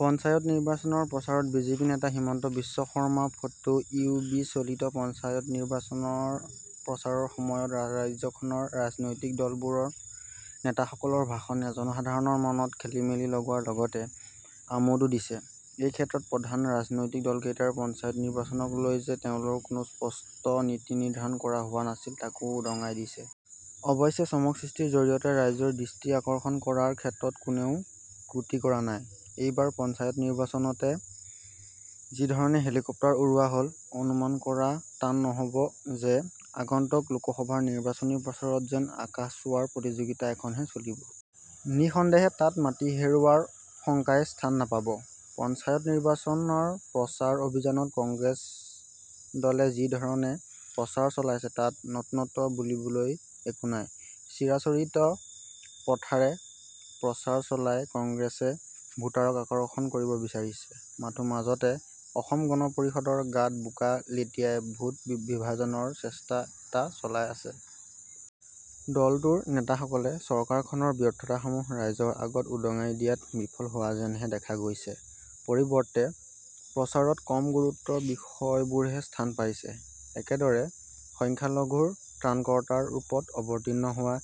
পঞ্চায়ত নিৰ্বাচনৰ প্ৰচাৰত বিজেপি নেতা হিমন্ত বিশ্ব শৰ্মা ফটো ইউ বি চলিত পঞ্চায়ত নিৰ্বাচনৰ প্ৰচাৰৰ সময়ত ৰাজ্যখনৰ ৰাজনৈতিক দলবোৰৰ নেতাসকলৰ ভাষণে জনসাধাৰণৰ মনত খেলিমেলি লগোৱাৰ লগতে আমোদো দিছে। এইক্ষেত্ৰত প্ৰধান ৰাজনৈতিক দলকেইটাৰ পঞ্চায়ত নিৰ্বাচনক লৈ যে তেওঁলোক কোনো স্পষ্ট নীতি নিৰ্দ্ধাৰণ কৰা হোৱা নাছিল তাকো উদঙাই দিছে। অৱশ্যে চমক সৃষ্টিৰ জৰিয়তে ৰাইজৰ দৃষ্টি আকৰ্ষণ কৰাৰ ক্ষেত্ৰত কোনেও ক্ৰুটি কৰা নাই। এইবাৰ পঞ্চায়ত নিৰ্বাচনতে যিধৰণে হেলিকপ্টাৰ উৰুওৱা হ'ল, অনুমান কৰা টান নহব যে আগন্তুক লোকসভাৰ নিৰ্বাচনী প্ৰচাৰত যেন আকাশ চুৱাৰ প্ৰতিযোগিতা এখনহে চলিব। নিসন্দেহে তাত মাটি হেৰুওৱাৰ শংকাই স্থান নাপাব। পঞ্চায়ত নিৰ্বাচনৰ প্ৰচাৰ অভিযানত কংগ্ৰেছ দলে যিধৰণে প্ৰচাৰ চলাইছে তাত নতুনত্ব বুলিবলৈ একো নাই। চিৰাচৰিত প্ৰথাৰে প্ৰচাৰ চলাই কংগ্ৰেছে ভোটাৰক আকৰ্ষণ কৰিব বিচাৰিছে, মাথোঁ মাজতে অসম গণ পৰিষদৰ গাত বোকা লেটিয়াই ভোট বিভাজনৰ চেষ্টা এটা চলাই আছে। দলটোৰ নেতাসকলে চৰকাৰখনৰ ব্যৰ্থতাসমূহ ৰাইজৰ আগত উদঙাই দিয়াত বিফল হোৱা যেনহে দেখা গৈছে, পৰিৱৰ্তে প্ৰচাৰত কম গুৰুত্বৰ বিষয়বোৰেহে স্থান পাইছে। একেদৰে সংখ্যালঘুৰ ত্ৰাণকৰ্তাৰ ৰূপত অৱতীৰ্ণ হোৱা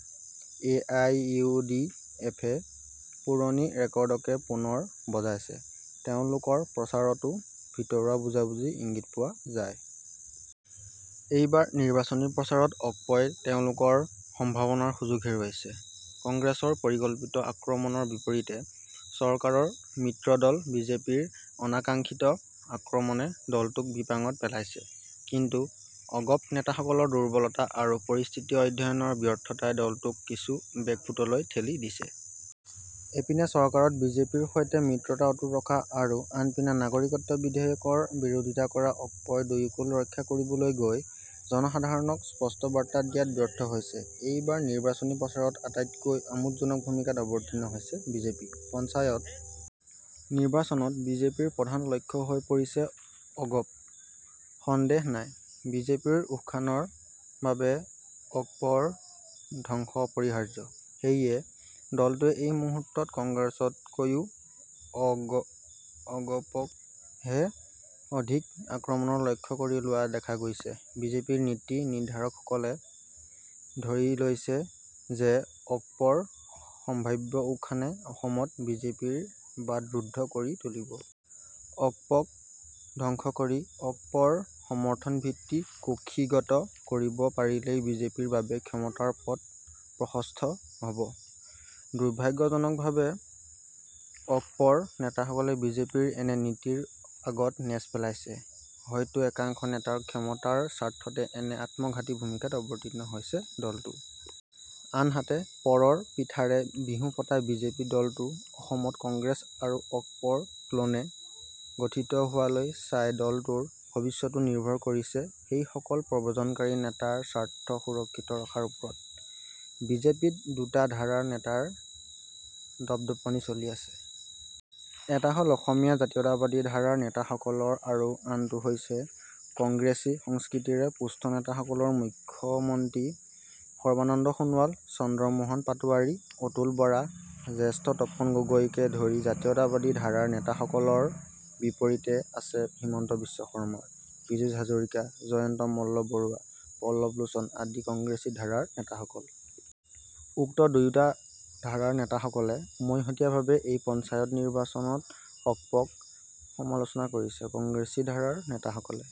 এআইয়ুডিএফে পুৰণি ৰেকৰ্ডকে পুনৰ বজাইছে, তেওঁলোকৰ প্ৰচাৰতো ভিতৰুৱা বুজাবুজি ইংগিত পোৱা যায়। এইবাৰ নিৰ্বাচনী প্ৰচাৰত অগপই তেওঁলোকৰ সম্ভাৱনাৰ সুযোগ হেৰুৱাইছে। কংগ্ৰেছৰ পৰিকল্পিত আক্ৰমণৰ বিপৰীতে চৰকাৰৰ মিত্ৰদল বিজেপিৰ অনাকাংখিত আক্ৰমণে দলটোক বিপাঙত পেলাইছে কিন্তু অগপ নেতাসকলৰ দুৰ্বলতা আৰু পৰিস্থিতি অধ্যয়নৰ ব্যৰ্থতাই দলটোক কিছু বেকফুটলৈ ঠেলি দিছে। এপিনে চৰকাৰত বিজেপিৰ সৈতে মিত্ৰতা অটুট ৰখা আৰু আনপিনে নাগৰিকত্ব বিধেয়কৰ বিৰোধিতা কৰা অগপই দুয়োকূল ৰক্ষা কৰিবলৈ গৈ জনসাধাৰণক স্পষ্ট বাৰ্তা দিয়াত ব্যৰ্থ হৈছে। এইবাৰ নিৰ্বাচনী প্ৰচাৰত আটাইতকৈ আমোদজনক ভূমিকাত অৱতীৰ্ণ হৈছে বিজেপি ।পঞ্চায়ত নিৰ্বাচনত বিজেপিৰ প্ৰধান লক্ষ্য হৈ পৰিছে অগপ। সন্দেহ নাই, বিজেপিৰ উতখানৰ বাবে অগপৰ ধ্বংস অপৰিহাৰ্য। সেয়ে দলটোৱে এই মুহূৰ্তত কংগ্ৰেছতকৈয়ো অগপকহে অধিক আক্ৰমণৰ লক্ষ্য কৰি লোৱা দেখা গৈছে। বিজেপিৰ নীতি নিৰ্দ্ধাৰকসকলে ধৰি লৈছে যে অগপৰ সম্ভাৱ্য উতখানে অসমত বিজেপিৰ বাট ৰুদ্ধ কৰি তুলিব। অগপক ধ্বংস কৰি অগপৰ সমৰ্থন ভিত্তি কুক্ষিগত কৰিব পাৰিলেই বিজেপিৰ বাবে ক্ষমতাৰ পথ প্ৰশস্ঠ হ'ব। দুৰ্ভাগ্যজনকভাৱে অগপৰ নেতাসকলে বিজেপিৰ এনে নীতিৰ আগত নেজ পেলাইছে। হয়তো একাংশ নেতাৰ ক্ষমতাৰ স্বাৰ্থতে এনে আত্মঘাতী ভূমিকাত অৱতীৰ্ণ হৈছে দলটো। আনহাতে পৰৰ পিঠাৰে বিহু পতা বিজেপি দলটো অসমত কংগ্ৰেছ আৰু অগপৰ ক্লনে গঠিত হোৱালৈ চাই দলটোৰ ভৱিষ্যতো নিৰ্ভৰ কৰিছে সেইসকল প্ৰব্ৰজনকাৰী নেতাৰ স্বাৰ্থ সুৰক্ষিত ৰখাৰ ওপৰত। বিজেপিত দুটা ধাৰাৰ নেতাৰ দপদপনি চলি আছে। এটা হল অসমীয়া জাতীয়তাবাদী ধাৰাৰ নেতাসকলৰ আৰু আনটো হৈছে কংগ্ৰেছী সংস্কৃতিৰে পুষ্ট নেতাসকলৰ মুখ্য মন্ত্ৰী সৰ্বানন্দ সোণোৱাল, চন্দ্ৰ মোহন পাটোৱাৰী, অতুল বৰা, জ্যেষ্ঠ তপন গগৈকে ধৰি জাতীয়তাবাদী ধাৰাৰ নেতাসকলৰ বিপৰীতে আছে হিমন্ত বিশ্ব শৰ্মা, পীযুষ হাজৰিকা, জয়ন্ত মল্ল বৰুৱা, পল্লৱ লোচন আদি কংগ্ৰেছী ধাৰাৰ নেতাসকল। উক্ত দুয়োটা ধাৰাৰ নেতাসকলে উমৈহতীয়াভাৱে এই পঞ্চায়ত নিৰ্বাচনত অগপক সমালোচনা কৰিছে। কংগ্ৰেছী ধাৰাৰ নেতাসকলে